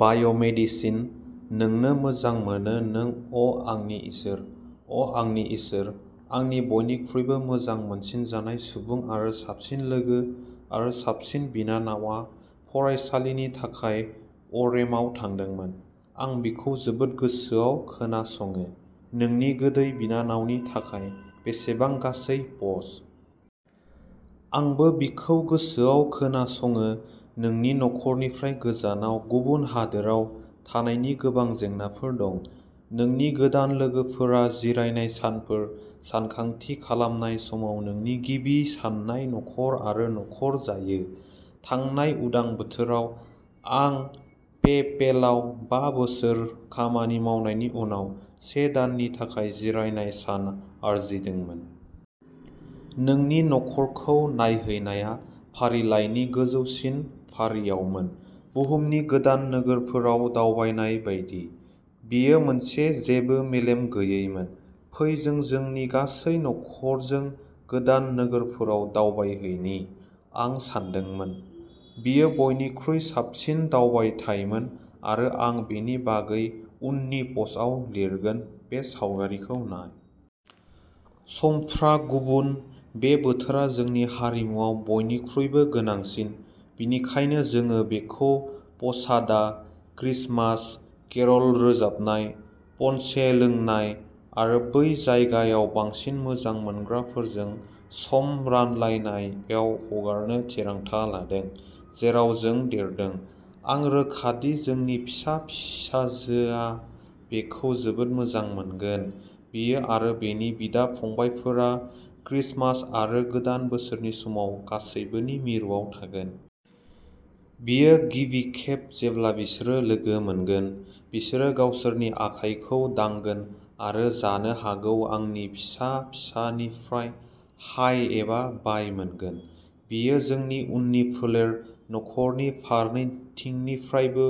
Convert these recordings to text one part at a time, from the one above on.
बाय' medicine. नोंनो मोजां मोनो नों अ' आंनि इसोर, अ' आंनि इसोर आंनि बयनिख्रुइबो मोजां मोनसिनजानाय सुबुं आरो साबसिन लोगो आरो साबसिन बिनानावआ फरायसालिनि थाखाय अरेमाव थांदोंमोन। आं बिखौ जोबोद गोसोआव खोनासङो। नोंनि गोदै बिनानावनि थाखाय बेसेबां गासै पस्ट। आंबो बिखौ गोसोआव खोनासङो नोंनि नखरनिफ्राय गोजानाव गुबुन हादोराव थानायनि गोबां जेंनाफोर दं। नोंनि गोदान लोगोफोरा जिरायनाय सानफोर सानखांथि खालामनाय समाव नोंनि गिबि साननाय नखर आरो नखर जायो। थांनाय उदां बोथोराव, आं पेपेलाव बा बोसोर खामानि मावनायनि उनाव से दाननि थाखाय जिरायनाय सान आरजिदोंमोन। नोंनि नखरखौ नायहैनाया फारिलाइनि गोजौसिन फारियावमोन, बुहुमनि गोदान नोगोरफोराव दावबायनाय बायदि। बेयो मोनसे जेबो मेलेम गैयैमोन, फै जों जोंनि गासै नखरजों गोदान नोगोरफोराव दावबायहैनि, आं सानदोंमोन। बेयो बयनिख्रुइ साबसिन दावबायथायमोन आरो आं बेनि बागै उननि पस्टआव लिरगोन, बे सावगारिखौ नाय। समफ्रा गुबुन, बे बोथोरा जोंनि हारिमुआव बयनिख्रुइबो गोनांसिन, बेनिखायनो जोङो बेखौ पसादा, क्रिसमास, केर'ल रोजाबनाय, पन्चे लोंनाय आरो बै जायगायाव बांसिन मोजां मोनग्राफोरजों सम रानलायनायाव हगारनो थिरांथा लादों, जेराव जों देरदों। आं रोखा दि जोंनि फिसा फिसाजोआ बेखौ जोबोद मोजां मोनगोन, बियो आरो बिनि बिदा-फंबायफोरा क्रिसमास आरो गोदान बोसोरनि समाव गासैबोनि मिरुआव थागोन। बेयो गिबि खेब जेब्ला बिसोरो लोगो मोनगोन, बिसोरो गावसोरनि आखाइखौ दांगोन आरो जानो हागौ आंनि फिसा फिसानिफ्राय हाय एबा बाय मोनगोन। बेयो जोंनि उननि फोलेर, नखरनि फारनैथिंनिफ्रायबो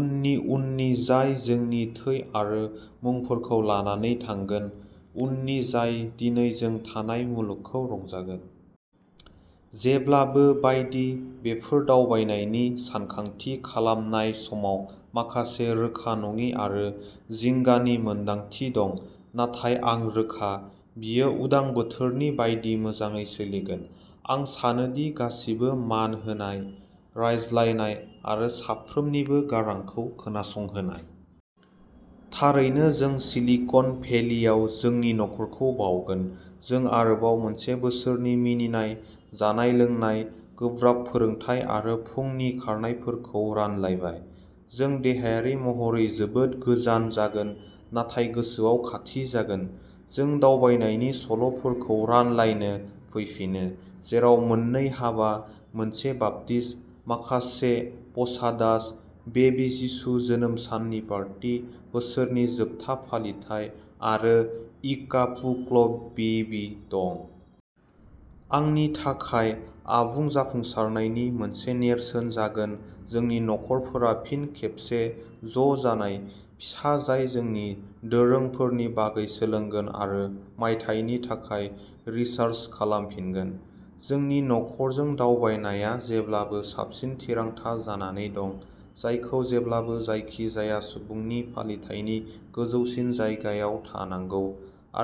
उननि, उननि जाय जोंनि थै आरो मुंफोरखौ लानानै थांगोन, उननि जाय दिनै जों थानाय मुलुगखौ रंजागोन। जेब्लाबो बायदि, बेफोर दावबायनायनि सानखांथि खालामनाय समाव माखासे रोखा नङि आरो जिंगानि मोनदांथि दं, नाथाय आं रोखा। बियो उदां बोथोरनि बायदि मोजाङै सोलिगोन। आं सानो दि गासिबो मान होनाय, रायज्लायनाय आरो साफ्रोमनिबो गारांखौ खोनासंहोनाय। थारैनो जों सिलिकन भेलियाव जोंनि नखरखौ बावगोन, जों आरोबाव मोनसे बोसोरनि मिनिनाय, जानाय-लोंनाय, गोब्राब फोरोंथाय आरो फुंनि खारनायफोरखौ रानलायबाय। जों देहायारि महरै जोबोद गोजान जागोन नाथाय गोसोयाव खाथि जागोन। जों दावबायनायनि सल'फोरखौ रानलायनो फैफिनो, जेराव मोननै हाबा, मोनसे बाप्तिस, माखासे पसादास, बेबी जिसु जोनोम साननि पार्टी, बोसोरनि जोबथा फालिथाय आरो एकाप्लुक' बेबी दं। आंनि थाखाय आबुं जाफुंसारनायनि मोनसे नेरसोन जागोन जोंनि नखरफोरा फिन खेबसे ज' जानाय, फिसा जाय जोंनि दोरोंफोरनि बागै सोलोंगोन आरो मायथाइनि थाखाय रिचार्ज खालामफिनगोन। जोंनि नखरजों दावबायनाया जेब्लाबो साबसिन थिरांथा जानानै दं, जायखौ जेब्लाबो जायखिजाया सुबुंनि फालिथाइनि गोजौसिन जायगायाव थानांगौ।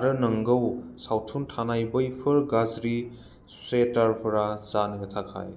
आरो नंगौ, सावथुन थानाय बैफोर गाज्रि स्वेटारफोरा जानो थाखाय।